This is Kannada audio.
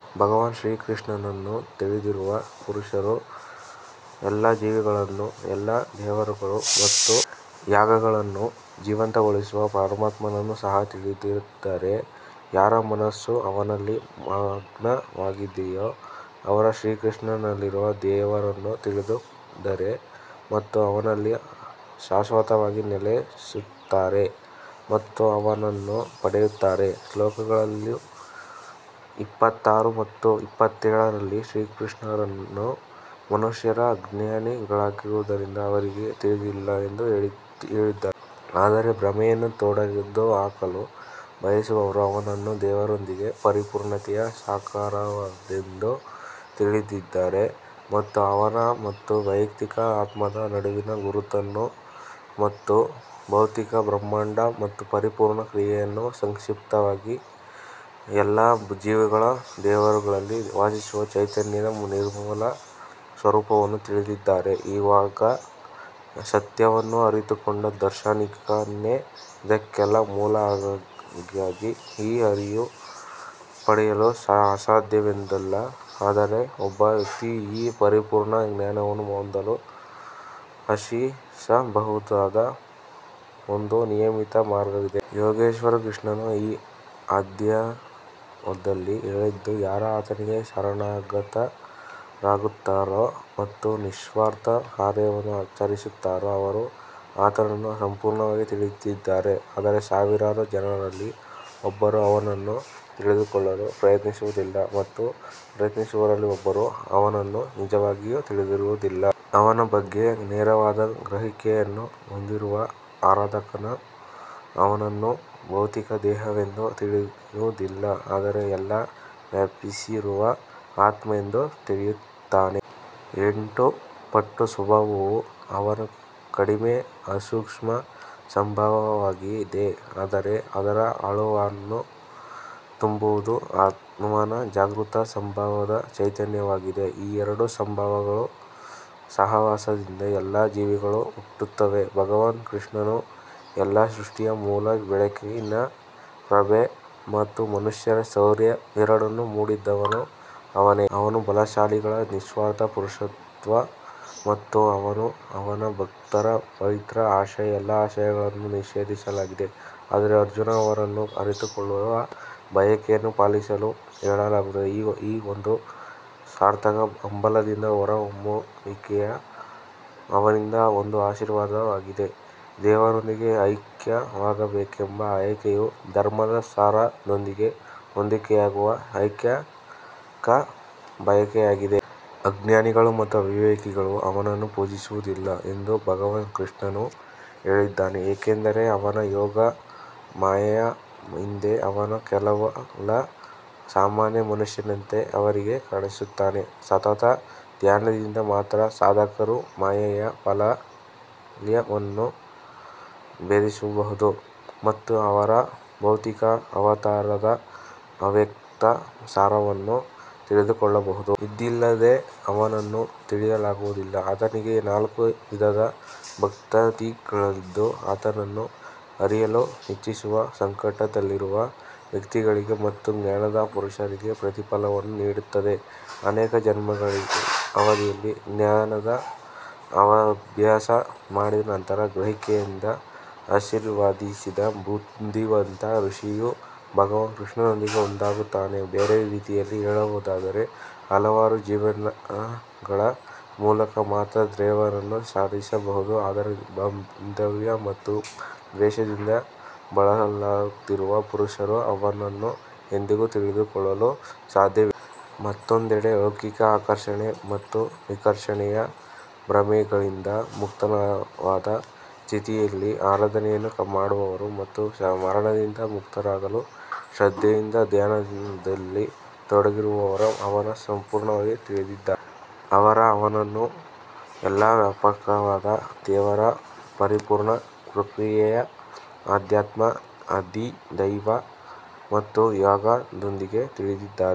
ಭಗವಾನ್ ಶ್ರೀಕೃಷ್ಣನನ್ನು ತಿಳಿದಿರುವ ಪುರುಷರು ಎಲ್ಲಾ ಜೀವಿಗಳನ್ನು ಎಲ್ಲಾ ದೇವರುಗಳು ಮತ್ತು ಯಾಗಗಳನ್ನು ಜೀವಂತಗೊಳಿಸುವ ಪರಮಾತ್ಮನನ್ನು ಸಹ ತಿಳಿದಿದ್ದಾರೆ. ಯಾರ ಮನಸ್ಸು ಅವನಲ್ಲಿ ಮಗ್ನವಾಗಿದೆಯೋ ಅವರು ಶ್ರೀಕೃಷ್ಣನಲ್ಲಿರುವ ದೇವರನ್ನು ತಿಳಿದಿದ್ದಾರೆ ಮತ್ತು ಅವನಲ್ಲಿ ಶಾಶ್ವತವಾಗಿ ನೆಲೆಸುತ್ತಾರೆ ಮತ್ತು ಅವನನ್ನು ಪಡೆಯುತ್ತಾರೆ. ಶ್ಲೋಕಗಳು ಇಪ್ಪತ್ತಾರು ಮತ್ತು ಇಪ್ಪತ್ತೇಳರಲ್ಲಿ ಶ್ರೀಕೃಷ್ಣನು ಮನುಷ್ಯರು ಅಜ್ಞಾನಿಗಳಾಗಿರುವುದರಿಂದ ಅವರಿಗೆ ತಿಳಿದಿಲ್ಲ ಎಂದು ಹೇಳಿದ್ದಾರೆ. ಆದರೆ ಭ್ರಮೆಯನ್ನು ತೊಡೆದುಹಾಕಲು ಬಯಸುವವರು ಅವನನ್ನು ದೇವರೊಂದಿಗೆ ಪರಿಪೂರ್ಣತೆಯ ಸಾಕಾರವೆಂದು ತಿಳಿದಿದ್ದಾರೆ ಮತ್ತು ಅವನ ಮತ್ತು ವೈಯಕ್ತಿಕ ಆತ್ಮದ ನಡುವಿನ ಗುರುತನ್ನು ಮತ್ತು ಭೌತಿಕ ಬ್ರಹ್ಮಾಂಡ ಮತ್ತು ಪರಿಪೂರ್ಣ ಕ್ರಿಯೆಯನ್ನು ಸಂಕ್ಷಿಪ್ತವಾಗಿ ಎಲ್ಲಾ ಜೀವಿಗಳು ದೇವರುಗಳಲ್ಲಿ ವಾಸಿಸುವ ಚೈತನ್ಯದ ನಿರ್ಮಲ ಸ್ವರೂಪವನ್ನು ತಿಳಿದಿದ್ದಾರೆ. ಯಾಗ ಸತ್ಯವನ್ನು ಅರಿತುಕೊಂಡ ದಾರ್ಶನಿಕನೇ ಇದಕ್ಕೆಲ್ಲ ಮೂಲ ಹಾಗಾಗಿ ಈ ಅರಿವು ಪಡೆಯಲು ಅಸಾಧ್ಯವೆಂದಲ್ಲ ಆದರೆ ಒಬ್ಬ ವ್ಯಕ್ತಿಯು ಈ ಪರಿಪೂರ್ಣ ಜ್ಞಾನವನ್ನು ಹೊಂದಲು ಆಶಿಸಬಹುದಾದ ಒಂದು ನಿಯಮಿತ ಮಾರ್ಗವಿದೆ. ಯೋಗೇಶ್ವರ ಕೃಷ್ಣನು ಈ ಅಧ್ಯಾಯದಲ್ಲಿ ಹೇಳಿದ್ದು ಯಾರು ಆತನಿಗೆ ಶರಣಾಗತರಾಗುತ್ತಾರೋ ಮತ್ತು ನಿಸ್ವಾರ್ಥ ಕಾರ್ಯವನ್ನು ಆಚರಿಸುತ್ತಾರೋ ಅವರು ಆತನನ್ನು ಸಂಪೂರ್ಣವಾಗಿ ತಿಳಿದಿದ್ದಾರೆ. ಆದರೆ ಸಾವಿರಾರು ಜನರಲ್ಲಿ ಒಬ್ಬರು ಅವನನ್ನು ತಿಳಿದುಕೊಳ್ಳಲು ಪ್ರಯತ್ನಿಸುವುದಿಲ್ಲ ಮತ್ತು ಪ್ರಯತ್ನಿಸುವವರಲ್ಲಿ ಒಬ್ಬರು ಅವನನ್ನು ನಿಜವಾಗಿಯೂ ತಿಳಿದಿರುವುದಿಲ್ಲ. ಅವನ ಬಗ್ಗೆ ನೇರವಾದ ಗ್ರಹಿಕೆಯನ್ನು ಹೊಂದಿರುವ ಆರಾಧಕನು ಅವನನ್ನು ಭೌತಿಕ ದೇಹವೆಂದು ತಿಳಿಯುವುದಿಲ್ಲ ಆದರೆ ಎಲ್ಲಾ ವ್ಯಾಪಿಸಿರುವ ಆತ್ಮ ಎಂದು ತಿಳಿಯುತ್ತಾನೆ. ಎಂಟು ಪಟ್ಟು ಸ್ವಭಾವವು ಅವನ ಕಡಿಮೆ ಅಸೂಕ್ಷ್ಮ ಸ್ವಭಾವವಾಗಿದೆ ಆದರೆ ಅದರ ಆಳವನ್ನು ತುಂಬುವುದು ಅವನ ಜಾಗೃತ ಸ್ವಭಾವವಾದ ಚೈತನ್ಯವಾಗಿದೆ. ಈ ಎರಡು ಸ್ವಭಾವಗಳ ಸಹವಾಸದಿಂದ ಎಲ್ಲ ಜೀವಿಗಳೂ ಹುಟ್ಟುತ್ತವೆ. ಭಗವಾನ್ ಕೃಷ್ಣನು ಎಲ್ಲಾ ಸೃಷ್ಟಿಯ ಮೂಲ ಬೆಳಕಿನ ಪ್ರಭೆ ಮತ್ತು ಮನುಷ್ಯರ ಶೌರ್ಯ ಎರಡನ್ನೂ ಮಾಡಿದವನು ಅವನೇ. ಅವನು ಬಲಶಾಲಿಗಳ ನಿಸ್ವಾರ್ಥ ಪುರುಷತ್ವ ಮತ್ತು ಅವನೂ ಅವನ ಭಕ್ತರ ಪವಿತ್ರ ಆಶಯ. ಎಲ್ಲಾ ಆಸೆಗಳನ್ನು ನಿಷೇಧಿಸಲಾಗಿದೆ ಆದರೆ ಅರ್ಜುನ ಅವರನ್ನು ಅರಿತುಕೊಳ್ಳುವ ಬಯಕೆಯನ್ನು ಪಾಲಿಸಲು ಹೇಳಲಾಗುತ್ತದೆ. ಈ ಒಂದು ಸಾರ್ಥಕ ಹಂಬಲದ ಹೊರಹೊಮ್ಮುವಿಕೆಯೂ ಅವನಿಂದ ಒಂದು ಆಶೀರ್ವಾದವಾಗಿದೆ. ದೇವರೊಂದಿಗೆ ಐಕ್ಯವಾಗಬೇಕೆಂಬ ಬಯಕೆಯು ಧರ್ಮದ ಸಾರದೊಂದಿಗೆ ಹೊಂದಿಕೆಯಾಗುವ ಏಕೈಕ ಬಯಕೆಯಾಗಿದೆ. ಅಜ್ಞಾನಿಗಳು ಮತ್ತು ಅವಿವೇಕಿಗಳು ಅವನನ್ನು ಪೂಜಿಸುವುದಿಲ್ಲ ಎಂದು ಭಗವಾನ್ ಕೃಷ್ಣನು ಹೇಳಿದ್ದಾನೆ ಏಕೆಂದರೆ ಅವನ ಯೋಗ ಮಾಯೆಯ ಹಿಂದೆ ಅವನು ಕೇವಲ ಸಾಮಾನ್ಯ ಮನುಷ್ಯನಂತೆ ಅವರಿಗೆ ಕಾಣಿಸುತ್ತಾನೆ. ಸತತ ಧ್ಯಾನದಿಂದ ಮಾತ್ರ ಸಾಧಕರು ಮಾಯೆಯ ಪಲ್ಯವನ್ನು ಭೇದಿಸಬಹುದು ಮತ್ತು ಅವರ ಭೌತಿಕ ಅವತಾರದ ಅವ್ಯಕ್ತ ಸಾರವನ್ನು ತಿಳಿದುಕೊಳ್ಳಬಹುದು. ಇದಿಲ್ಲದೆ ಅವನನ್ನು ತಿಳಿಯಲಾಗುವುದಿಲ್ಲ. ಆತನಿಗೆ ನಾಲ್ಕು ವಿಧದ ಭಕ್ತಾದಿಗಳಿದ್ದು ಆತನನ್ನು ಅರಿಯಲು ಇಚ್ಛಿಸುವ ಸಂಕಟದಲ್ಲಿರುವ ವ್ಯಕ್ತಿಗಳಿಗೆ ಮತ್ತು ಜ್ಞಾನದ ಪುರುಷರಿಗೆ ಪ್ರತಿಫಲವನ್ನು ನೀಡುತ್ತದೆ. ಅನೇಕ ಜನ್ಮಗಳ ಅವಧಿಯಲ್ಲಿ ಧ್ಯಾನವನ್ನು ಅಭ್ಯಾಸ ಮಾಡಿದ ನಂತರ ಗ್ರಹಿಕೆಯಿಂದ ಆಶೀರ್ವದಿಸಿದ ಬುದ್ಧಿವಂತ ಋಷಿಯು ಭಗವಾನ್ ಕೃಷ್ಣನೊಂದಿಗೆ ಒಂದಾಗುತ್ತಾನೆ. ಬೇರೆ ರೀತಿಯಲ್ಲಿ ಹೇಳುವುದಾದರೆ ಹಲವಾರು ಜೀವನಗಳ ಮೂಲಕ ಮಾತ್ರ ದೇವರನ್ನು ಸಾಧಿಸಬಹುದು ಆದರೆ ಬಾಂಧವ್ಯ ಮತ್ತು ದ್ವೇಷದಿಂದ ಬಳಲುತ್ತಿರುವ ಪುರುಷರು ಅವನನ್ನು ಎಂದಿಗೂ ತಿಳಿದುಕೊಳ್ಳಲು ಸಾಧ್ಯವಿಲ್ಲ. ಮತ್ತೊಂದೆಡೆ ಲೌಕಿಕ ಆಕರ್ಷಣೆ ಮತ್ತು ವಿಕರ್ಷಣೆಯ ಭ್ರಮೆಗಳಿಂದ ಮುಕ್ತವಾದ ಸ್ಥಿತಿಯಲ್ಲಿ ಆರಾಧನೆಯನ್ನು ಮಾಡುವವರು ಮತ್ತು ಮರಣದಿಂದ ಮುಕ್ತರಾಗಲು ಶ್ರದ್ಧೆಯಿಂದ ಧ್ಯಾನದಲ್ಲಿ ತೊಡಗಿರುವವರು ಅವನನ್ನು ಸಂಪೂರ್ಣವಾಗಿ ತಿಳಿದಿದ್ದಾರೆ. ಅವರು ಅವನನ್ನು ಎಲ್ಲಾ ವ್ಯಾಪಕವಾದ ದೇವರ ಪರಿಪೂರ್ಣ ಕ್ರಿಯೆಯ ಅಧ್ಯಾತ್ಮ ಅಧಿದೈವ್ ಮತ್ತು ಯಾಗದೊಂದಿಗೆ ತಿಳಿದಿದ್ದಾರೆ.